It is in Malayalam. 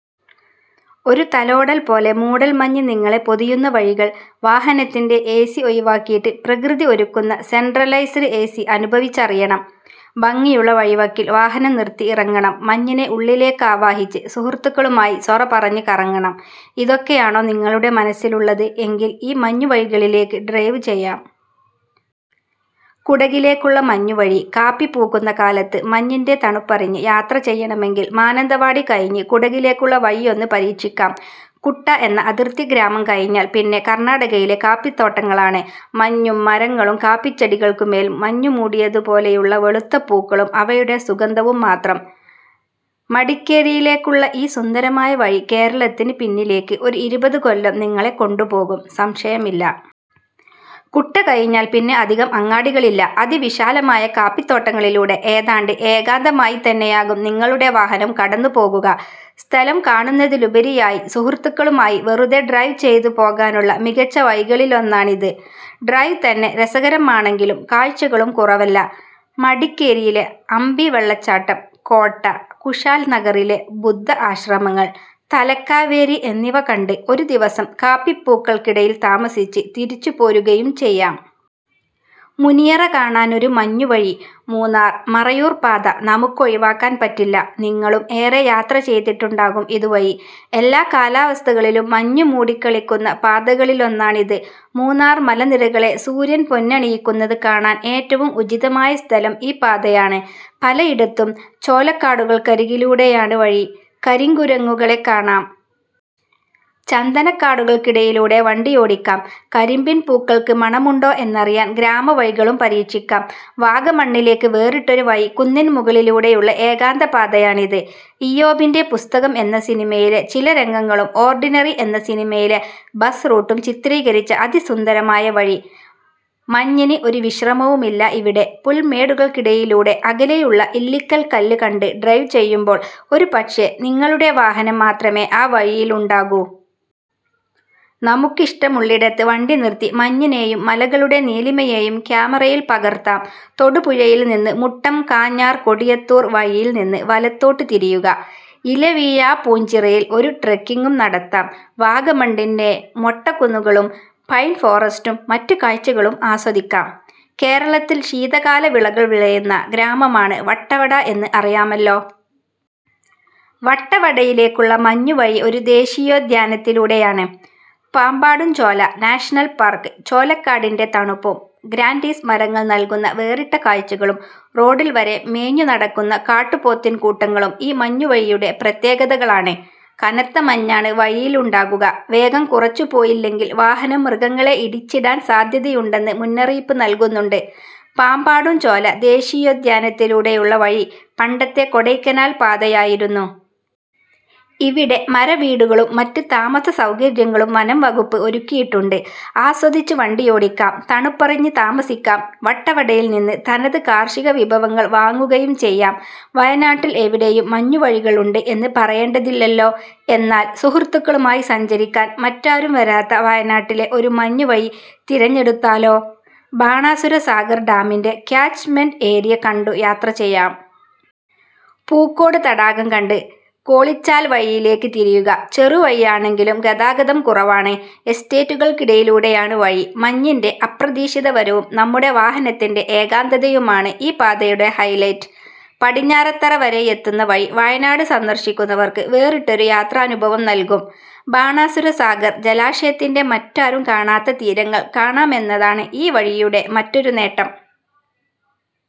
ഒരു തലോടൽ പോലെ മൂടൽമഞ്ഞ് നിങ്ങളെ പൊതിയുന്ന വഴികൾ. വാഹനത്തിൻ്റെ എ.സി. ഒഴിവാക്കിയിട്ട് പ്രകൃതി ഒരുക്കുന്ന സെൻട്രലൈസ്ഡ് എ.സി. അനുഭവിച്ചറിയണം. ഭംഗിയുള്ള വഴിവക്കിൽ വാഹനം നിർത്തി ഇറങ്ങണം, മഞ്ഞിനെ ഉള്ളിലേക്കാവാഹിച്ച് സുഹൃത്തുക്കളുമായി സൊറ പറഞ്ഞ് കറങ്ങണം. ഇതൊക്കെയാണോ നിങ്ങളുടെ മനസ്സിലുള്ളത്? എങ്കിൽ ഈ മഞ്ഞുവഴികളിലേക്ക് ഡ്രൈവ് ചെയ്യാം. കുടകിലേക്കുള്ള മഞ്ഞുവഴി. കാപ്പി പൂക്കുന്ന കാലത്ത് മഞ്ഞിൻ്റെ തണുപ്പറിഞ്ഞ് യാത്ര ചെയ്യണമെങ്കിൽ മാനന്തവാടി കഴിഞ്ഞ് കുടകിലേക്കുള്ള വഴിയൊന്ന് പരീക്ഷിക്കാം. കുട്ട എന്ന അതിർത്തി ഗ്രാമം കഴിഞ്ഞാൽ പിന്നെ കർണാടകയിലെ കാപ്പിത്തോട്ടങ്ങളാണ്. മഞ്ഞും മരങ്ങളും കാപ്പിച്ചെടികൾക്കുമേൽ മഞ്ഞുമൂടിയതുപോലെയുള്ള വെളുത്ത പൂക്കളും അവയുടെ സുഗന്ധവും മാത്രം! മടിക്കേരിയിലേക്കുള്ള ഈ സുന്ദരമായ വഴി കേരളത്തിന് പിന്നിലേക്ക് ഒരു ഇരുപത് കൊല്ലം നിങ്ങളെ കൊണ്ടുപോകും; സംശയമില്ല. കുട്ട കഴിഞ്ഞാൽ പിന്നെ അധികം അങ്ങാടികളില്ല. അതിവിശാലമായ കാപ്പിത്തോട്ടങ്ങളിലൂടെ ഏതാണ്ട് ഏകാന്തമായിത്തന്നെയാകും നിങ്ങളുടെ വാഹനം കടന്നുപോകുക. സ്ഥലം കാണുന്നതിലുപരിയായി സുഹൃത്തുക്കളുമായി വെറുതെ ഡ്രൈവ് ചെയ്തുപോകാനുള്ള മികച്ച വഴികളിലൊന്നാണിത്. ഡ്രൈവ് തന്നെ രസകരമാണെങ്കിലും കാഴ്ചകളും കുറവല്ല. മടിക്കേരിയിലെ അമ്പി വെള്ളച്ചാട്ടം, കോട്ട, കുശാൽനഗറിലെ ബുദ്ധ ആശ്രമങ്ങൾ, തലക്കാവേരി എന്നിവ കണ്ട്, ഒരു ദിവസം കാപ്പിപ്പൂക്കൾക്കിടയിൽ താമസിച്ച് തിരിച്ചുപോരുകയും ചെയ്യാം. മുനിയറ കാണാനൊരു മഞ്ഞുവഴി മൂന്നാർ - മറയൂർ പാത നമുക്കൊഴിവാക്കാൻ പറ്റില്ല. നിങ്ങളും ഏറെ യാത്ര ചെയ്തിട്ടുണ്ടാകും ഇതുവഴി. എല്ലാ കാലാവസ്ഥകളിലും മഞ്ഞു കണ്ണുമൂടിക്കളിക്കുന്ന പാതകളിലൊന്നാണിത്. മൂന്നാർ മലനിരകളെ സൂര്യൻ പൊന്നണിയിക്കുന്നത് കാണാൻ ഏറ്റവും ഉചിതമായ സ്ഥലം ഈ പാതയാണ്. പലയിടത്തും ചോലക്കാടുകൾക്കരികിലൂടെയാണ് വഴി. കരിങ്കുരങ്ങുകളെ കാണാം. ചന്ദനക്കാടുകൾക്കിടയിലൂടെ വണ്ടിയോടിക്കാം. കരിമ്പിൻപൂക്കൾക്ക് മണമുണ്ടോ എന്നറിയാൻ ഗ്രാമവഴികളും പരീക്ഷിക്കാം. വാഗമണ്ണിലേക്ക് വേറിട്ടൊരു വഴി കുന്നിൻമുകളിലൂടെയുള്ള ഏകാന്തപാതയാണിത്. 'ഇയ്യോബിൻ്റെ പുസ്തകം' എന്ന സിനിമയിലെ ചില രംഗങ്ങളും 'ഓർഡിനറി' എന്ന സിനിമയിലെ ബസ് റൂട്ടും ചിത്രീകരിച്ച അതിസുന്ദരമായ വഴി. മഞ്ഞിന് ഒരു വിശ്രമവുമില്ല ഇവിടെ! പുൽമേടുകൾക്കിടയിലൂടെ അകലെയുള്ള ഇല്ലിക്കൽകല്ല് കണ്ട് ഡ്രൈവ് ചെയ്യുമ്പോൾ, ഒരുപക്ഷേ നിങ്ങളുടെ വാഹനം മാത്രമേ ആ വഴിയിലുണ്ടാകൂ. നമുക്കിഷ്ടമുള്ളിടത്ത് വണ്ടി നിർത്തി മഞ്ഞിനെയും മലകളുടെ നീലിമയെയും ക്യാമറയിൽ പകർത്താം. തൊടുപുഴയിൽ നിന്ന് മുട്ടം - കാഞ്ഞാർ - കൊടിയത്തൂർ വഴിയിൽ നിന്ന് വലത്തോട്ട് തിരിയുക. ഇലവീഴാപൂഞ്ചിറയിൽ ഒരു ട്രെക്കിംഗും നടത്താം. വാഗമണ്ണിൻ്റെ മൊട്ടക്കുന്നുകളും പൈൻ ഫോറസ്റ്റും മറ്റ് കാഴ്ചകളും ആസ്വദിക്കാം. കേരളത്തിൽ ശീതകാല വിളകൾ വിളയുന്ന ഗ്രാമമാണ് വട്ടവട എന്ന് അറിയാമല്ലോ. വട്ടവടയിലേക്കുള്ള മഞ്ഞുവഴി ഒരു ദേശീയോദ്യാനത്തിലൂടെയാണ്; പാമ്പാടുംചോല നാഷണൽ പാർക്ക്! ചോലക്കാടിൻ്റെ തണുപ്പും ഗ്രാൻ്റീസ് മരങ്ങൾ നൽകുന്ന വേറിട്ട കാഴ്ചകളും റോഡിൽ വരെ മേഞ്ഞുനടക്കുന്ന കാട്ടുപോത്തിൻകൂട്ടങ്ങളും ഈ മഞ്ഞുവഴിയുടെ പ്രത്യേകതകളാണ്. കനത്ത മഞ്ഞാണ് വഴിയിലുണ്ടാകുക. വേഗം കുറച്ചുപോയില്ലെങ്കിൽ വാഹനം മൃഗങ്ങളെ ഇടിച്ചിടാൻ സാധ്യതയുണ്ടെന്ന് മുന്നറിയിപ്പ് നൽകുന്നുണ്ട്. പാമ്പാടുംചോല ദേശീയോദ്യാനത്തിലൂടെയുള്ള വഴി പണ്ടത്തെ കൊടൈക്കനാൽ പാതയായിരുന്നു. ഇവിടെ മരവീടുകളും മറ്റ് താമസസൗകര്യങ്ങളും വനംവകുപ്പ് ഒരുക്കിയിട്ടുണ്ട്. ആസ്വദിച്ച് വണ്ടിയോടിക്കാം; തണുപ്പറിഞ്ഞ് താമസിക്കാം. വട്ടവടയിൽ നിന്ന് തനത് കാർഷികവിഭവങ്ങൾ വാങ്ങുകയും ചെയ്യാം. വയനാട്ടിൽ എവിടെയും മഞ്ഞുവഴികളുണ്ട് എന്ന് പറയേണ്ടതില്ലല്ലോ. എന്നാൽ സുഹൃത്തുക്കളുമായി സഞ്ചരിക്കാൻ മറ്റാരും വരാത്ത വയനാട്ടിലെ ഒരു മഞ്ഞുവഴി തിരഞ്ഞെടുത്താലോ? ബാണാസുര സാഗർ ഡാമിൻ്റെ ക്യാച്ച്‌മെൻ്റ് ഏരിയ കണ്ടു യാത്ര ചെയ്യാം. പൂക്കോട് തടാകം കണ്ട് കോളിച്ചാൽ വഴിയിലേക്ക് തിരിയുക. ചെറുവഴിയാണെങ്കിലും ഗതാഗതം കുറവാണ്. എസ്റ്റേറ്റുകൾക്കിടയിലൂടെയാണ് വഴി. മഞ്ഞിൻ്റെ അപ്രതീക്ഷിത വരവും നമ്മുടെ വാഹനത്തിൻ്റെ ഏകാന്തതയുമാണ് ഈ പാതയുടെ ഹൈലൈറ്റ്. പടിഞ്ഞാറത്തറ വരെയെത്തുന്ന വഴി വയനാട് സന്ദർശിക്കുന്നവർക്ക് വേറിട്ടൊരു യാത്രാനുഭവം നൽകും. ബാണാസുര സാഗർ ജലാശയത്തിൻ്റെ മറ്റാരും കാണാത്ത തീരങ്ങൾ കാണാമെന്നതാണ് ഈ വഴിയുടെ മറ്റൊരു നേട്ടം.